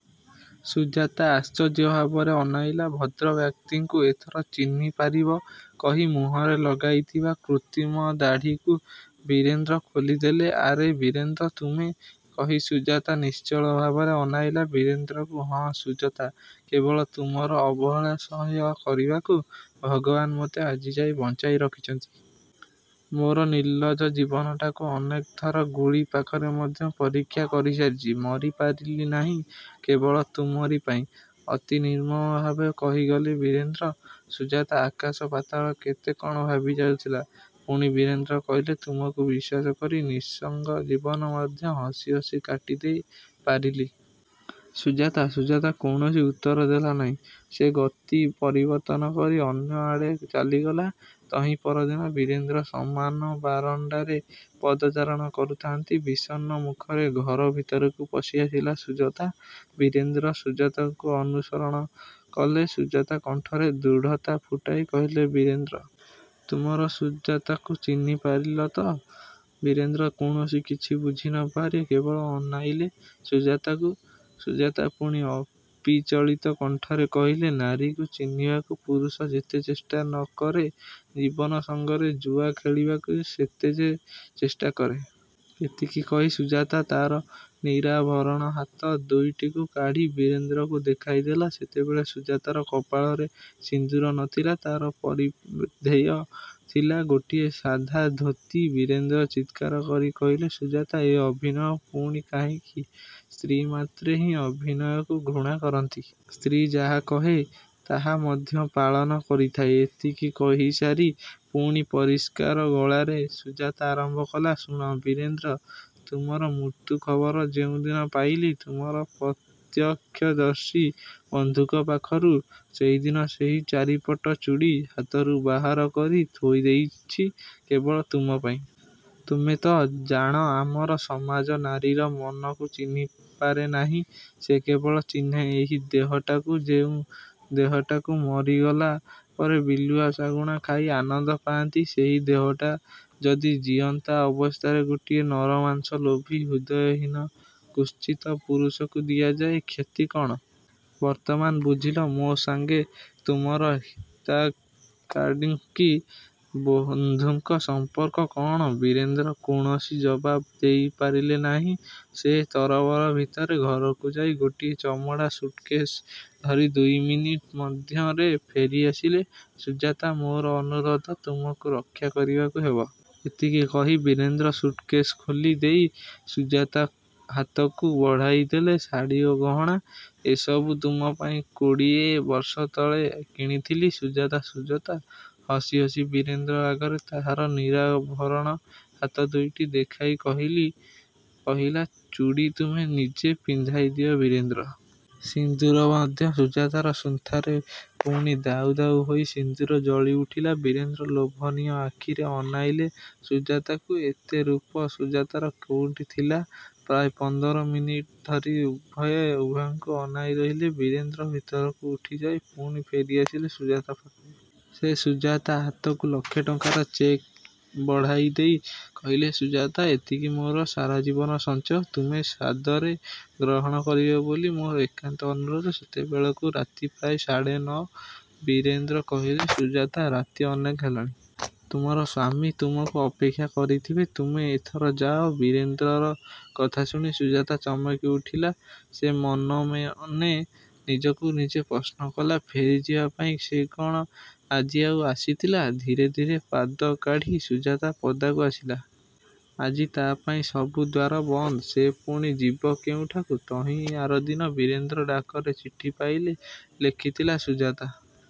ସୁଜାତା ଆଶ୍ଚର୍ଯ୍ୟ ଭାବରେ ଅନାଇଲା ଭଦ୍ରବ୍ୟକ୍ତିଙ୍କୁ। ''ଏଥର ଚିହ୍ନି ପାରିବ'' କହି ମୁହଁରେ ଲଗାଇଥିବା କୃତ୍ରିମଦାଢ଼ିକୁ ବୀରେନ୍ଦ୍ର ଖୋଲିଦେଲେ। ''ଆରେ ବୀରେନ୍ଦ୍ର ତୁମେ? '' କହି ସୁଜାତା ନିଶ୍ଚଳ ଭାବରେ ଅନାଇଲା ବୀରେନ୍ଦ୍ରକୁ। ''ହଁ ସୁଜାତା! କେବଳ ତୁମର ଅବହେଳା ସହ୍ୟ କରିବାକୁ ଭଗବାନ ମୋତେ ଆଜିଯାଏ ବଞ୍ଚାଇ ରଖିଛନ୍ତି। ମୋର ନିର୍ଲ୍ଲଜ ଜୀବନଟାକୁ ଅନେକଥର ଗୁଳିପାଖରେ ମଧ୍ୟ ପରୀକ୍ଷା କରିସାରିଛି। ମରିପାରିଲି ନାହିଁ କେବଳ ତୁମରି ପାଇଁ। '' ଅତି ନିର୍ମମ ଭାବେ କହିଗଲେ ବୀରେନ୍ଦ୍ର-। ସୁଜାତା ଆକାଶ ପାତାଳ କେତେ କ'ଣ ଭାବିଯାଉଥିଲା। ପୁଣି ବୀରେନ୍ଦ୍ର କହିଲେ, ''ତୁମକୁ ବିଶ୍ୱାସକରି ନିଃସଙ୍ଗ ଜୀବନ ମଧ୍ୟ ହସି ହସି କାଟି ଦେଇ ପାରିଲି। ସୁଜାତା। '' ସୁଜାତା କୌଣସି ଉତ୍ତର ଦେଲାନାହିଁ। ସେ ଗତି ପରିବର୍ତ୍ତନ କରି ଅନ୍ୟଆଡ଼େ ଚାଲିଗଲା। ତହିଁ ପରଦିନ ବୀରେନ୍ଦ୍ର ସାମନା ବାରଣ୍ଡାରେ ପଦଚାରଣ କରୁଥାନ୍ତି। ବିଷଣ୍ଣ ମୁଖରେ ଘର ଭିତରକୁ ପଶିଆସିଲା ସୁଜାତା। ବୀରେନ୍ଦ୍ର ସୁଜାତାକୁ ଅନୁସରଣ କଲେ। ସୁଜାତା କଣ୍ଠରେ ଦୃଢ଼ତା ଫୁଟାଇ କହିଲା ''ବୀରେନ୍ଦ୍ର! ତୁମର ସୁଜାତାକୁ ଚିହ୍ନି ପାରିଲ ତ? '' ବୀରେନ୍ଦ୍ର କୌଣସି କିଛି ବୁଝି ନପାରି କେବଳ ଅନାଇଲେ ସୁଜାତାକୁ। ସୁଜାତା ପୁଣି ଅବିଚଳିତ କଣ୍ଠରେ କହିଲା, ''ନାରୀକୁ ଚିହ୍ନିବାକୁ ପୁରୁଷ ଯେତେ ଚେଷ୍ଟା ନ କରେ ଜୀବନ ସଙ୍ଗରେ ଜୁଆ ଖେଳିବାକୁ ସେତେ ସେ ଚେଷ୍ଟାକରେ। '' ଏତିକି କହି ସୁଜାତା ତା'ର ନିରାଭରଣ ହାତ ଦୁଇଟିକୁ କାଢ଼ି ବୀରେନ୍ଦ୍ରକୁ ଦେଖାଇଲା। ସେତେବେଳେ ସୁଜାତାର କପାଳରେ ସିନ୍ଦୂର ନ ଥିଲା। ତା'ର ପରିଧେୟ ଥିଲା ଗୋଟିଏ ସାଧା ଧୋତି। ବୀରେନ୍ଦ୍ର ଚିତ୍କାର କରି କହିଲେ, ''ସୁଜାତା! ଏ ଅଭିନୟ ପୁଣି କାହିଁକି? '' ''ସ୍ତ୍ରୀ ମାତ୍ରେ ହିଁ ଅଭିନୟକୁ ଘୃଣା କରନ୍ତି। ସ୍ତ୍ରୀ ଯାହା କହେ ତାହା ମଧ୍ୟ ପାଳନ କରିଥାଏ। '' ଏତିକି କହିସାରି ପୁଣି ପରିଷ୍କାର ଗଳାରେ ସୁଜାତା ଆରମ୍ଭ କଲା ''ଶୁଣ ବୀରେନ୍ଦ୍ର! ତୁମର ମୃତ୍ୟୁ ଖବର ଯେଉଁ ଦିନ ପାଇଲି, ତୁମର ପ୍ରତ୍ୟକ୍ଷଦର୍ଶୀ ବନ୍ଧୁଙ୍କ ପାଖରୁ ସେହିଦିନ ସେହି ଚାରିପଟ ଚୁଡ଼ି ହାତରୁ ବାହାର କରି ଥୋଇଦେଇଛି କେବଳ ତୁମ ପାଇଁ। ତୁମେ ତ ଜାଣ ଆମର ସମାଜ ନାରୀର ମନକୁ ଚିହ୍ନିପାରେ ନାହିଁ। ସେ କେବଳ ଚିହ୍ନେ ଏହି ଦେହଟାକୁ ଯେଉଁ ଦେହଟାକୁ ମରିଗଲା ପରେ ବିଲୁଆ ଶାଗୁଣା ଖାଇ ଆନନ୍ଦ ପାଆନ୍ତି। ସେହି ଦେହଟାକୁ ଯଦି ଜିଅନ୍ତା ଅବସ୍ଥାରେ ଗୋଟିଏ ନରମାଂସ ଲୋଭୀ ହୃଦୟହୀନ କୁତ୍ସିତ ପୁରୁଷକୁ ଦିଆଯାଏ, କ୍ଷତି କ'ଣ? ବର୍ତ୍ତମାନ ବୁଝିଲ ମୋ ସଙ୍ଗେ ତୁମର ହିତାକାଙ୍କ୍ଷୀ ବନ୍ଧୁଙ୍କ ସମ୍ପର୍କ କ'ଣ। '' ବୀରେନ୍ଦ୍ର କୌଣସି ଜବାବ୍ ଦେଇ ପାରିଲେ ନାହିଁ। ସେ ତରବରରେ ଭିତର ଘରକୁ ଯାଇ ଗୋଟିଏ ଚମଡ଼ା ସୁଟକେଶ୍ ଧରି ଦୁଇମିନିଟ୍ ମଧ୍ୟରେ ଫେରିଆସିଲେ। ''ସୁଜାତା! ମୋର ଅନୁରୋଧ ତୁମକୁ ରକ୍ଷା କରିବାକୁ ହେବ। '' ଏତିକି କହି ବୀରେନ୍ଦ୍ର ସୁଟକେଶ୍ ଖୋଲି ଦେଇ ସୁଜାତା ହାତକୁ ବଢ଼ାଇ ଦେଲେ ଶାଢ଼ି ଓ ଗହଣା ''ଏ ସବୁ ତୁମ ପାଇଁ କୋଡ଼ିଏ ବର୍ଷତଳେ କିଣିଥିଲି, ସୁଜାତା! '' ସୁଜାତା ହସି ହସି ବୀରେନ୍ଦ୍ର ଆଗରେ ତାହାର ନିରାଭରଣ ହାତ ଦୁଇଟି ଦେଖାଇ କହିଲା, ''ଚୁଡ଼ି ତୁମେ ନିଜେ ପିନ୍ଧାଇଦିଅ ବୀରେନ୍ଦ୍ର! ସିନ୍ଦୂର ମଧ୍ୟ- '' ସୁଜାତାର ସୁନ୍ଥାରେ ପୁଣି ଦାଉ ଦାଉ ହୋଇ ସିନ୍ଦୂର ଜଳିଉଠିଲା। ବୀରେନ୍ଦ୍ର ଲୋଭନୀୟ ଆଖିରେ ଅନାଇଲେ ସୁଜାତାକୁ। ଏତେ ରୂପ ସୁଜାତାର କେଉଁଠି ଥିଲା? ପ୍ରାୟ ପନ୍ଦର ମିନିଟ୍ ଧରି ଉଭୟେ ଉଭୟଙ୍କୁ ଅନାଇ ରହିଲେ। ବୀରେନ୍ଦ୍ର ଭିତରକୁ ଉଠିଯାଇ ପୁଣି ଫେରିଆସିଲେ ସୁଜାତା ପାଖକୁ। ସେ ସୁଜାତା ହାତକୁ ଲକ୍ଷେ ଟଙ୍କାର ଚେକ୍ଟିଏ ବଢ଼ାଇଦେଇ କହିଲେ, ''ସୁଜାତା! ଏତିକି ମୋର ସାରାଜୀବନର ସଞ୍ଚୟ। ତୁମେ ସାଦରେ ଗ୍ରହଣ କରିବ ବୋଲି ମୋର ଏକାନ୍ତ ଅନୁରୋଧ। '' ସେତେବେଳକୁ ରାତି ପ୍ରାୟ ସାଢ଼େ ନଅ। ବୀରେନ୍ଦ୍ର କହିଲେ, ''ସୁଜାତା! ରାତି ଅନେକ ହେଲାଣି। ତୁମର ସ୍ୱାମୀ ତୁମକୁ ଅପେକ୍ଷା କରିଥିବେ। ତୁମେ ଏଥର ଯାଅ। '' ବୀରେନ୍ଦ୍ରର କଥା ଶୁଣି ସୁଜାତା ଚମକି ଉଠିଲା। ସେ ମନେମନେ ନିଜକୁ ନିଜେ ପ୍ରଶ୍ନକଲା ଫେରିଯିବା ପାଇଁ ସେ କ'ଣ ଆଜି ଆଉ ଆସିଥିଲା? ଧୀରେ ଧୀରେ ପାଦକାଢ଼ି ସୁଜାତା ପଦାକୁ ଆସିଲା। ଆଜି ତା'ପାଇଁ ସବୁ ଦ୍ୱାର ବନ୍ଦ। ସେ ପୁଣି ଯିବ କେଉଁଠାକୁ? ତହିଁ ଆରଦିନ ବୀରେନ୍ଦ୍ର ଡାକରେ ଚିଠି ପାଇଲେ, ଲେଖିଥିଲା ସୁଜାତା.